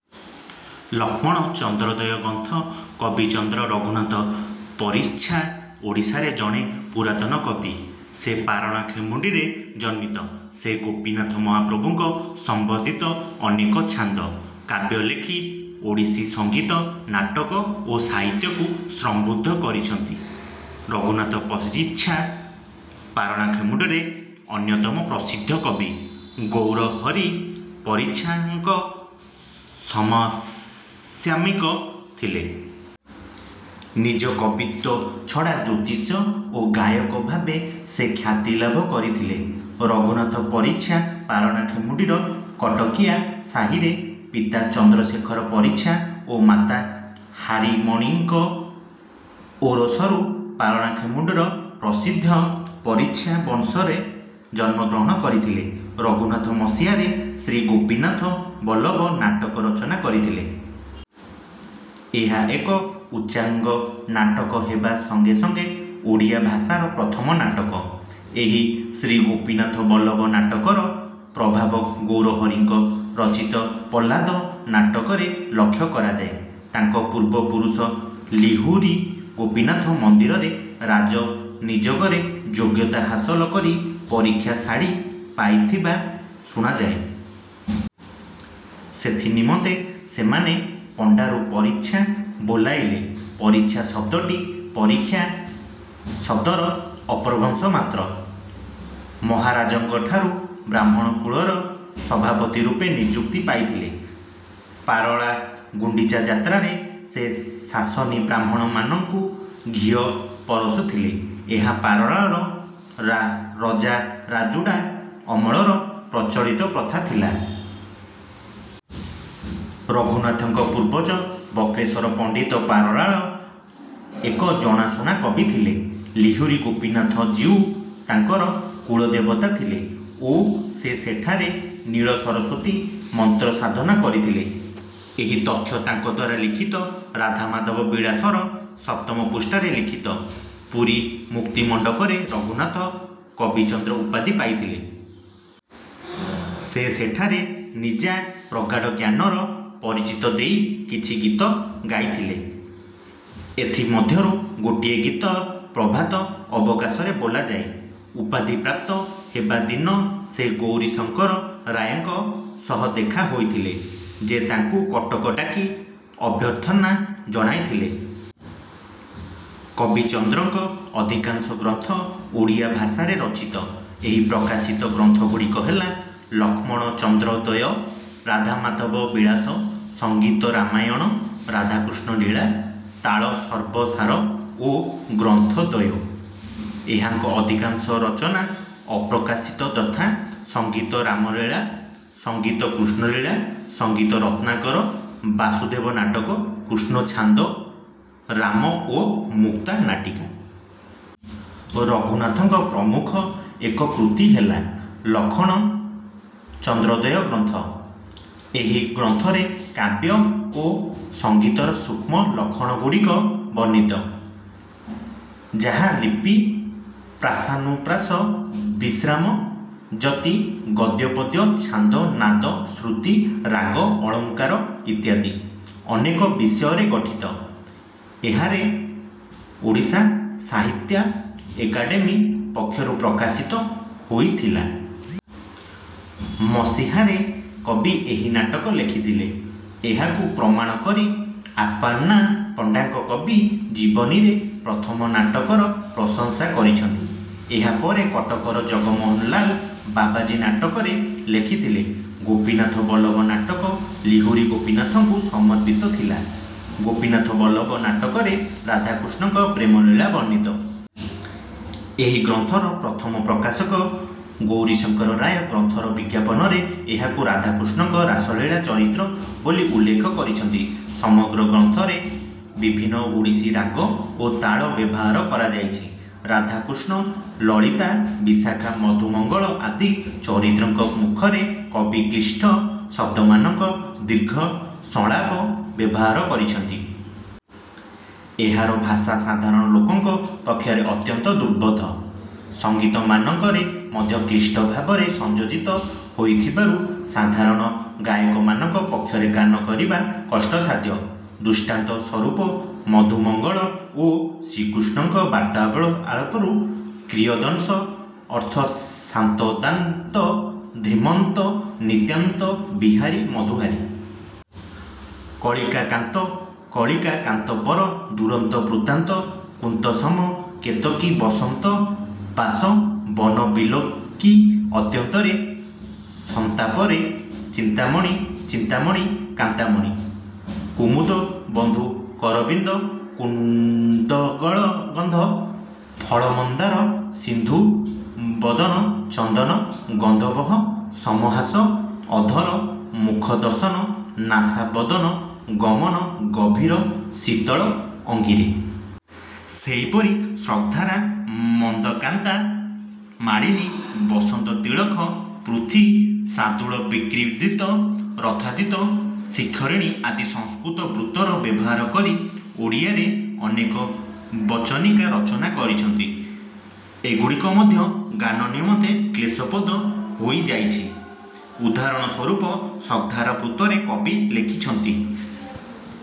ଲକ୍ଷଣ ଚନ୍ଦ୍ରୋଦୟ ଗ୍ରନ୍ଥ କବିଚନ୍ଦ୍ର ରଘୁନାଥ ପରିଚ୍ଛା ଓଡ଼ିଶାର ଜଣେ ପୁରାତନ କବି। ସେ ପାରଳାଖେମୁଣ୍ଡିରେ ଜନ୍ମିତ। ସେ ଗୋପୀନାଥ ମହାପ୍ରଭୁଙ୍କ ସମ୍ବନ୍ଧିତ ଅନେକ ଛାନ୍ଦ, କାବ୍ୟ ଲେଖି ଓଡ଼ିଶୀ ସଙ୍ଗୀତ, ନାଟକ ଓ ସାହିତ୍ୟ କୁ ସମୃଦ୍ଧ କରିଛନ୍ତି। ରଘୁନାଥ ପରିଚ୍ଛା ପାରଳାଖେମୁଣ୍ଡିର ଅନ୍ୟତମ ପ୍ରସିଦ୍ଧ କବି ଗୌରହରି ପରିଚ୍ଛା ଙ୍କ ସମସାମୟିକ ଥିଲେ। ନିଜ କବିତ୍ୱ ଛଡ଼ା ଜ୍ୟୋତିଷ ଓ ଗାୟକ ଭାବେ ସେ ଖ୍ୟାତି ଲାଭ କରିଥିଲେ। ରଘୁନାଥ ପରିଚ୍ଛା ପାରଳାଖେମୁଣ୍ଡିର କଟକିଆ ସାହିରେ ପିତା ଚନ୍ଦ୍ରଶେଖର ପରିଚ୍ଛା ଓ ମାତା ହାରାମଣୀଙ୍କ ଔରସରୁ ପାରଳାଖେମୁଣ୍ଡିର ପ୍ରସିଦ୍ଧ 'ପରିଚ୍ଛା' ବଂଶରେ ଜନ୍ମଗ୍ରହଣ କରିଥିଲେ। ରଘୁନାଥ ମସିହାରେ ଶ୍ରୀ ଗୋପୀନାଥ ବଲ୍ଲଭ ନାଟକ ରଚନା କରିଥିଲେ। ଏହା ଏକ ଉଚ୍ଚାଙ୍ଗ ନାଟକ ହେବା ସଙ୍ଗେ ସଙ୍ଗେ ଓଡ଼ିଆ ଭାଷାର ପ୍ରଥମ ନାଟକ। ଏହି ଶ୍ରୀ ଗୋପୀନାଥ ବଲ୍ଲଭ ନାଟକର ପ୍ରଭାବ ଗୌରହରିଙ୍କ ରଚିତ ପ୍ରହ୍ଲାଦ ନାଟକରେ ଲକ୍ଷ୍ୟ କରାଯାଏ। ତାଙ୍କ ପୂର୍ବ ପୁରୁଷ ଲିହୁରି ଗୋପୀନାଥ ମନ୍ଦିରରେ ରାଜ ନିଯୋଗରେ ଯୋଗ୍ୟତା ହାସଲ କରି ପରିକ୍ଷା ଶାଢି ପାଇଥିବା ଶୁଣାଯାଏ। ସେଥି ନିମନ୍ତେ ସେମାନେ ପଣ୍ଡାରୁ ପରିଚ୍ଛା ବୋଲାଇଲେ। ପରିଚ୍ଛା ଶବ୍ଦଟି ପରୀକ୍ଷା ଶବ୍ଦର ଅପଭ୍ରଂଶ ମାତ୍ର। ମହାରାଜଙ୍କଠାରୁ ବ୍ରାହ୍ମଣ କୁଳର ସଭାପତି ରୂପେ ନିଯୁକ୍ତି ପାଇଥିଲେ। ପରଳା ଗୁଣ୍ଡିଚା ଯାତ୍ରାରେ ସେ ଶାସନୀ ବ୍ରାହ୍ମଣମାନଙ୍କୁ ଘିଅ ପରଷୁଥିଲେ। ଏହା ପାରଳାର ରଜାରାଜୁଡ଼ା ଅମଳର ପ୍ରଚଳିତ ପ୍ରଥା ଥିଲା। ରଘୁନାଥଙ୍କ ପୂର୍ବଜ ବକ୍ରେଶ୍ୱର ପଣ୍ଡିତ ପାରଳାର ଏକ ଜଣାଶୁଣା କବି ଥିଲେ। ଲିହୁରି ଗୋପୀନାଥ ଜୀଉ ତାଙ୍କର କୁଳଦେବତା ଥିଲେ ଓ ସେ ସେଠାରେ ନୀଳସରସ୍ୱତୀ ମନ୍ତ୍ର ସାଧନା କରିଥିଲେ। ଏହି ତଥ୍ୟ ତାଙ୍କଦ୍ୱାରା ଲିଖିତ 'ରାଧାମାଧାବ ବିଳାସ'ର ସପ୍ତମ ପୃଷ୍ଠାରେ ଲିଖିତ। ପୁରୀ ମୁକ୍ତିମଣ୍ଡପରେ ରଘୁନାଥ କବିଚନ୍ଦ୍ର ଉପାଧି ପାଇଥିଲେ। ସେ ସେଠାରେ ନିଜା ପ୍ରଗାଢ଼ ଜ୍ଞାନର ପରିଚୟ ଦେଇ କିଛି ଗୀତ ଗାଇଥିଲେ। ଏଥି ମଧ୍ୟରୁ ଗୋଟିଏ ଗୀତ ପ୍ରଭାତ ଅବକାଶରେ ବୋଲାଯାଏ। ଉପାଧି ପ୍ରାପ୍ତ ହେବା ଦିନ ସେ ଗୌରୀଶଙ୍କର ରାୟଙ୍କ ସହ ଦେଖା ହୋଇଥିଲେ, ଯେ ତାଙ୍କୁ କଟକ ଡାକି ଅଭ୍ୟର୍ଥନା ଜଣାଇଥିଲେ। କବିଚନ୍ଦ୍ରଙ୍କ ଅଧିକାଂଶ ଗ୍ରନ୍ଥ ଓଡ଼ିଆ ଭାଷାରେ ରଚିତ। ଏହି ପ୍ରକାଶିତ ଗ୍ରନ୍ଥଗୁଡ଼ିକ ହେଲା- ଲକ୍ଷଣଚନ୍ଦ୍ରୋଦୟ, ରାଧାମାଧବ ବିଳାସ, ସଙ୍ଗୀତ ରାମାୟଣ, ରାଧାକୃଷ୍ଣ ଲୀଳା, ତାଳ ସର୍ବସାର ଓ ଗ୍ରନ୍ଥୋଦୟ। ଏହାଙ୍କ ଅଧିକାଂଶ ରଚନା ଅପ୍ରକାଶିତ ଯଥା: ସଙ୍ଗୀତ ରାମଲୀଳା, ସଙ୍ଗୀତ କୃଷ୍ଣଲୀଳା, ସଙ୍ଗୀତ ରତ୍ନାକର, ବାସୁଦେବ ନାଟକ, କୃଷ୍ଣ ଛାନ୍ଦ, ରାମ ଓ ମୁକ୍ତା ନାଟିକା। ରଘୁନାଥଙ୍କର ପ୍ରମୁଖ ଏକ କୃତି ହେଲା ଲକ୍ଷଣ ଚନ୍ଦ୍ରୋଦୟ ଗ୍ରନ୍ଥ। ଏହି ଗ୍ରନ୍ଥରେ କାବ୍ୟ ଓ ସଙ୍ଗୀତର ସୂକ୍ଷ୍ମ ଲକ୍ଷଣଗୁଡ଼ିକ ବର୍ଣ୍ଣିତ। ଯାହା ଲିପି, ପ୍ରାସାନୁପ୍ରାସ, ବିଶ୍ରାମ ଯତି, ଗଦ୍ୟପଦ୍ୟ, ଛାନ୍ଦ, ନାଦ, ଶ୍ରୁତି, ରାଗ, ଅଳଙ୍କାର ଇତ୍ୟାଦି ଅନେକ ବିଷୟରେ ଗଠିତ। ଏହା ରେ ଓଡ଼ିଶା ସାହିତ୍ୟା ଏକାଡେମୀ ପକ୍ଷରୁ ପ୍ରକାଶିତ ହୋଇଥିଲା। ମସିହାରେ କବି ଏହି ନାଟକ ଲେଖିଥିଲେ। ଏହାକୁ ପ୍ରମାଣ କରି ଆପନ୍ନା ପଣ୍ଡାଙ୍କ 'କବି ଜୀବନି'ରେ ପ୍ରଥମ ନାଟକର ପ୍ରଶଂସା କରିଛନ୍ତି। ଏହା ପରେ କଟକର ଜଗମୋହନ ଲାଲ ବାବାଜୀ ନାଟକ ରେ ଲେଖିଥିଲେ। ଗୋପୀନାଥ ବଲ୍ଲଭ ନାଟକ ଲିହୁରି ଗୋପୀନାଥଙ୍କୁ ସମର୍ପିତ ଥିଲା। ଗୋପୀନାଥ ବଲ୍ଲଭ ନାଟକରେ ରାଧାକୃଷ୍ଣଙ୍କ ପ୍ରେମଲୀଳା ବର୍ଣ୍ଣିତ। ଏହି ଗ୍ରନ୍ଥର ପ୍ରଥମ ପ୍ରକାଶକ ଗୌରୀଶଙ୍କର ରାୟ ଗ୍ରନ୍ଥର ବିଜ୍ଞାପନରେ ଏହାକୁ 'ଶ୍ରୀରାଧାକୃଷ୍ଣଙ୍କର ରାସଲୀଳା ଚରିତ୍ର' ବୋଲି ଉଲ୍ଲେଖ କରିଛନ୍ତି। ସମଗ୍ର ଗ୍ରନ୍ଥରେ ବିଭିନ୍ନ ଓଡ଼ିଶୀ ରାଗ ଓ ତାଳ ବ୍ୟବହାର କରାଯାଇଛି। ରାଧା, କୃଷ୍ଣ, ଲଳିତା, ବିଶାଖା, ମଧୁମଙ୍ଗଳ ଆଦି ଚରିତ୍ରଙ୍କ ମୁଖରେ କବି କ୍ଳିଷ୍ଟ ଶବ୍ଦମାନଙ୍କର ଦୀର୍ଘ ସଂଳାପ ବ୍ୟବହାର କରିଛନ୍ତି। ଏହାର ଭାଷା ସାଧାରଣ ଲୋକଙ୍କ ପକ୍ଷରେ ଅତ୍ୟନ୍ତ ଦୁର୍ବୋଧ୍ୟ। ସଙ୍ଗୀତମାନଙ୍କରେ ମଧ୍ୟ କ୍ଳିଷ୍ଟ ଭାବେ ସଂଯୋଜିତ ହୋଇଥିବାରୁ ସାଧାରଣ ଗାୟକମାନଙ୍କ ପକ୍ଷରେ ଗାନ କରିବା କଷ୍ଟସାଧ୍ୟ। ଦୃଷ୍ଟାନ୍ତ ସ୍ୱରୂପ ମଧୁମଙ୍ଗଳ ଓ ଶ୍ରୀକୃଷ୍ଣଙ୍କ ବାର୍ତ୍ତାଳାପରୁ କିୟଦଂଶ: ଅଥ ଶାନ୍ତ ଦାନ୍ତ ଧୀମନ୍ତ ନିତାନ୍ତ ବିହାରି ମଧୁହାରି। କଳିକା କାନ୍ତ କଳିକା କାନ୍ତ ପର ଦୁରନ୍ତ ବୃତ୍ତାନ୍ତ କୁନ୍ତସମ କେତକୀ ବସନ୍ତ ବାସ ବନ ବିଲୋକି ଅତ୍ୟନ୍ତରେ ସନ୍ତାପରେ। ଚିନ୍ତାମଣି ଚିନ୍ତାମଣି କାନ୍ତାମଣି। କୁମୁଦ ବନ୍ଧୁ କରବିନ୍ଦ କୁନ୍ଦଗନ୍ଧ ଫଳ ମନ୍ଦାର ସିନ୍ଧୁ ବଦନ ଚନ୍ଦନ ଗନ୍ଧବହ ସମ ହାସ ଅଧର ମୁଖ ଦଶନ ନାସାବଦନ ଗମନ ଗଭୀର ଶୀତଳ ଅଙ୍ଗିରେ। ସେହିପରି ସ୍ରଗ୍ଧାରା, ମନ୍ଦାକ୍ରାନ୍ତା, ମାଳିନୀ, ବସନ୍ତତିଳକ, ପୃଥ୍ୱୀ, ଶାର୍ଦ୍ଦୂଳବିକ୍ରୀଡ଼ିତ, ରଥୋଦ୍ଧତା, ଶିଖରିଣୀ ଆଦି ସଂସ୍କୃତ ବୃତ୍ତର ବ୍ୟବହାର କରି ଓଡ଼ିଆରେ ଅନେକ ବଚନିକା ରଚନା କରିଛନ୍ତି। ଏଗୁଡ଼ିକ ମଧ୍ୟ ଗାନ ନିମନ୍ତେ କ୍ଳେଶପ୍ରଦ ହୋଇଯାଇଛି। ଉଦାହରଣ ସ୍ୱରୂପ ସ୍ରଗ୍ଧାରା ବୃତ୍ତରେ କବି ଲେଖିଛନ୍ତି:।